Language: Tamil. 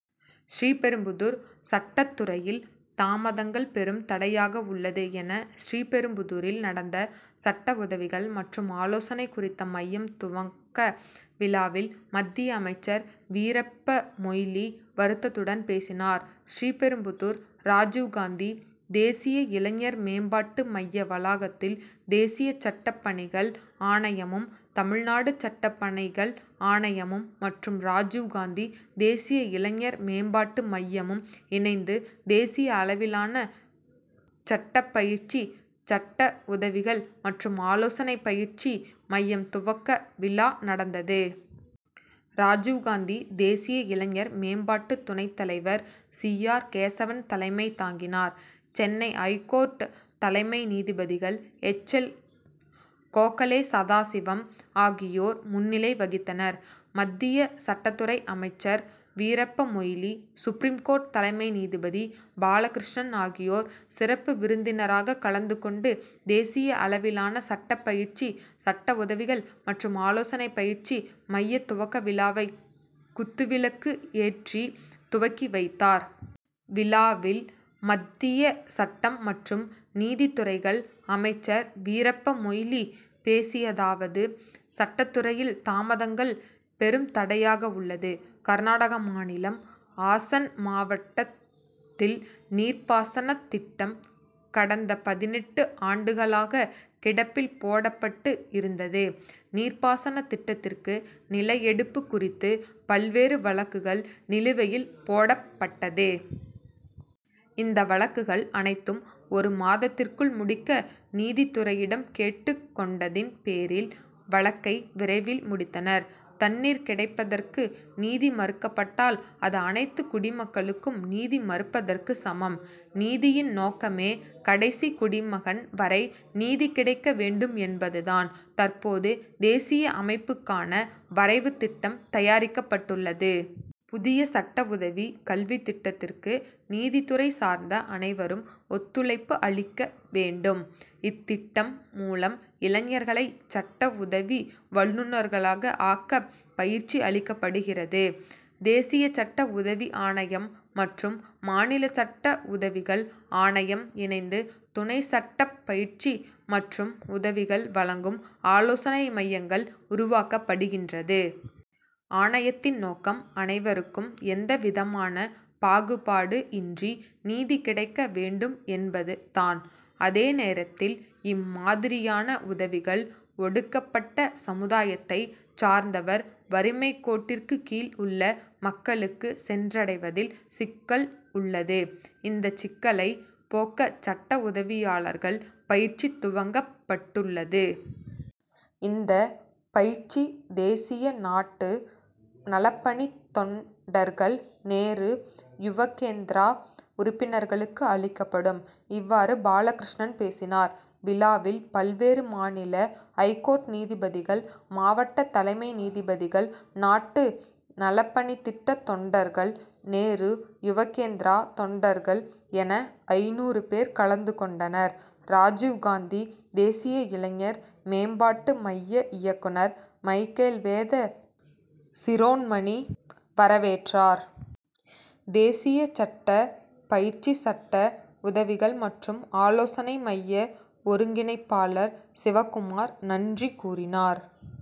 ஸ்ரீபெரும்புதூர் சட்டத் துறையில் தாமதங்கள் பெரும் தடையாக உள்ளது என ஸ்ரீபெரும்புதூரில் நடந்த சட்ட உதவிகள் மற்றும் ஆலோசனை குறித்த மையம் துவக்க விழாவில் மத்திய அமைச்சர் வீரப்ப மொய்லி வருத்தத்துடன் பேசினார். ஸ்ரீ பெரும்புதூர் ராஜிவ்காந்தி தேசிய இளைஞர் மேம்பாட்டு மைய வளாகத்தில் தேசிய சட்டப் பணிகள் ஆணையமும் தமிழ்நாடு சட்டப் பணிகள் ஆணையம் மற்றும் ராஜிவ்காந்தி தேசிய இளைஞர் மேம்பாட்டு மையமும் இணைந்து தேசிய அளவிலான சட்டபயிற்சி சட்ட உதவிகள் மற்றும் ஆலோசனை பயிற்சி மையம் துவக்க விழா நடந்தது. ராஜிவ்காந்தி தேசிய இளைஞர் மேம்பாட்டு துணைத் தலைவர் சி. ஆர். கேசவன் தலைமை தாங்கினர். சென்னை ஐகோர்ட் தலைமை நீதிபதிகள் எச். எல். கோகலே சதாசிவம் ஆகியோர் முன்னிலை வகித்தனர். மத்திய சட்டத் துறை அமைச்சர் வீரப்பமொய்லி சுப்ரீம் கோர்ட் தலைமை நீதிபதி பாலகிருஷ்ணன் ஆகியோர் சிறப்பு விருந்தினராக கலந்து கொண்டு தேசிய அளவிளான சட்டபயிற்சி சட்டஉதவிகள் மற்றும் ஆலோசனை பயிற்சி மையத் துவக்க விழாவை குத்து விளக்கு ஏற்றி துவக்கி வைத்தார். விழாவில் மத்திய சட்டம் மற்றும் நீதித்துறைகள் அமைச்சர் வீரப்பமொய்லி பேசியதாவது சட்டத்துறையில் தாமதங்கள் பெரும் தடையாக உள்ளது. கர்நாடக மாநிலம் ஆசன் மாவட்டத் தில் நீர்பாசனத் திட்டம் கடந்த பதினெட்டு ஆண்டுகளாக கிடப்பில் போடப்பட்டு இருந்தது. நீர்ப்பாசன திட்டத்திற்கு நில எடுப்பு குறித்து பல்வேறு வழக்குகள் நிலுவையில் போடப் பட்டது. இந்த வழக்குகள் அனைத்தும் ஒரு மாதத்திற்குள் முடிக்க நீதித்துறையிடம் கேட்டுக் கொண்டதின் பேரில் வழக்கை விரைவில் முடித்தனர். தண்ணீர் கிடைப்பதற்கு நீதி மறுக்கப்பட்டால் அது அனைத்து குடிமக்களுக்கும் நீதி மறுப்பதற்கு சமம். நீதியின் நோக்கமே கடைசி குடிமகன் வரை நீதி கிடைக்க வேண்டும் என்பதுதான். தற்போது தேசிய அமைப்புக்கான வரைவு திட்டம் தயாரிக்கப்பட்டுள்ளது. புதிய சட்ட உதவி கல்வித்திட்டத்திற்கு நீதித்துறை சார்ந்த அனைவரும் ஒத்துழைப்பு அளிக்க வேண்டும். இந்த திட்டம் மூலம் இளைஞர்களை சட்ட உதவி வல்லுனர்களாக ஆக்க பயிற்சி அளிக்கப்படுகிறது. தேசிய சட்ட உதவி ஆணையம் மற்றும் மாநில சட்ட உதவிகள் ஆணையம் இணைந்து துணை சட்டப் பயிற்சி மற்றும் உதவிகள் வழங்கும் ஆலோசனை மையங்கள் உருவாக்கப்படுகின்றது. ஆணையத்தின் நோக்கம் அனைவருக்கும் எந்தவிதமான பாகுபாடு இன்றி நீதி கிடைக்க வேண்டும் என்பது தான். அதே நேரத்தில் இம்மாதிரியான உதவிகள் ஒடுக்கப்பட்ட சமுதாயத்தை சார்ந்தவர் வறுமைக் கோட்டிற்கு கீழ் உள்ள மக்களுக்கு சென்றடைவதில் சிக்கல் உள்ளது. இந்த சிக்கலை போக்க சட்ட உதவியாளர்கள் பயிற்சி துவங்கப் பட்டுள்ளது. இந்த பயிற்சி தேசிய நாட்டு நலப்பணி தொண் டர்கள் நேரு யுவக்கேந்திரா உறுப்பினர்களுக்கு அளிக்கப்படும். இவ்வாறு பாலகிருஷ்ணன் பேசினார். விழாவில் பல்வேறு மாநில ஐகோர்ட் நீதிபதிகள் மாவட்ட தலைமை நீதிபதிகள் நாட்டு நலப்பணித்திட்ட தொண்டர்கள் நேரு யுவக்கேந்திரா தொண்டர்கள் என ஐநூறு பேர் கலந்துகொண்டனர். ராஜிவ்காந்தி தேசிய இளைஞர் மேம்பாட்டு மைய இயக்குனர் மைக்கேல் வேத சிரோண்மணி வரவேற்றார். தேசிய சட்ட பயிற்சி சட்ட உதவிகள் மற்றும் ஆலோசனை மைய ஒருங்கிணைப்பாளர் சிவகுமார் நன்றி கூறினார்.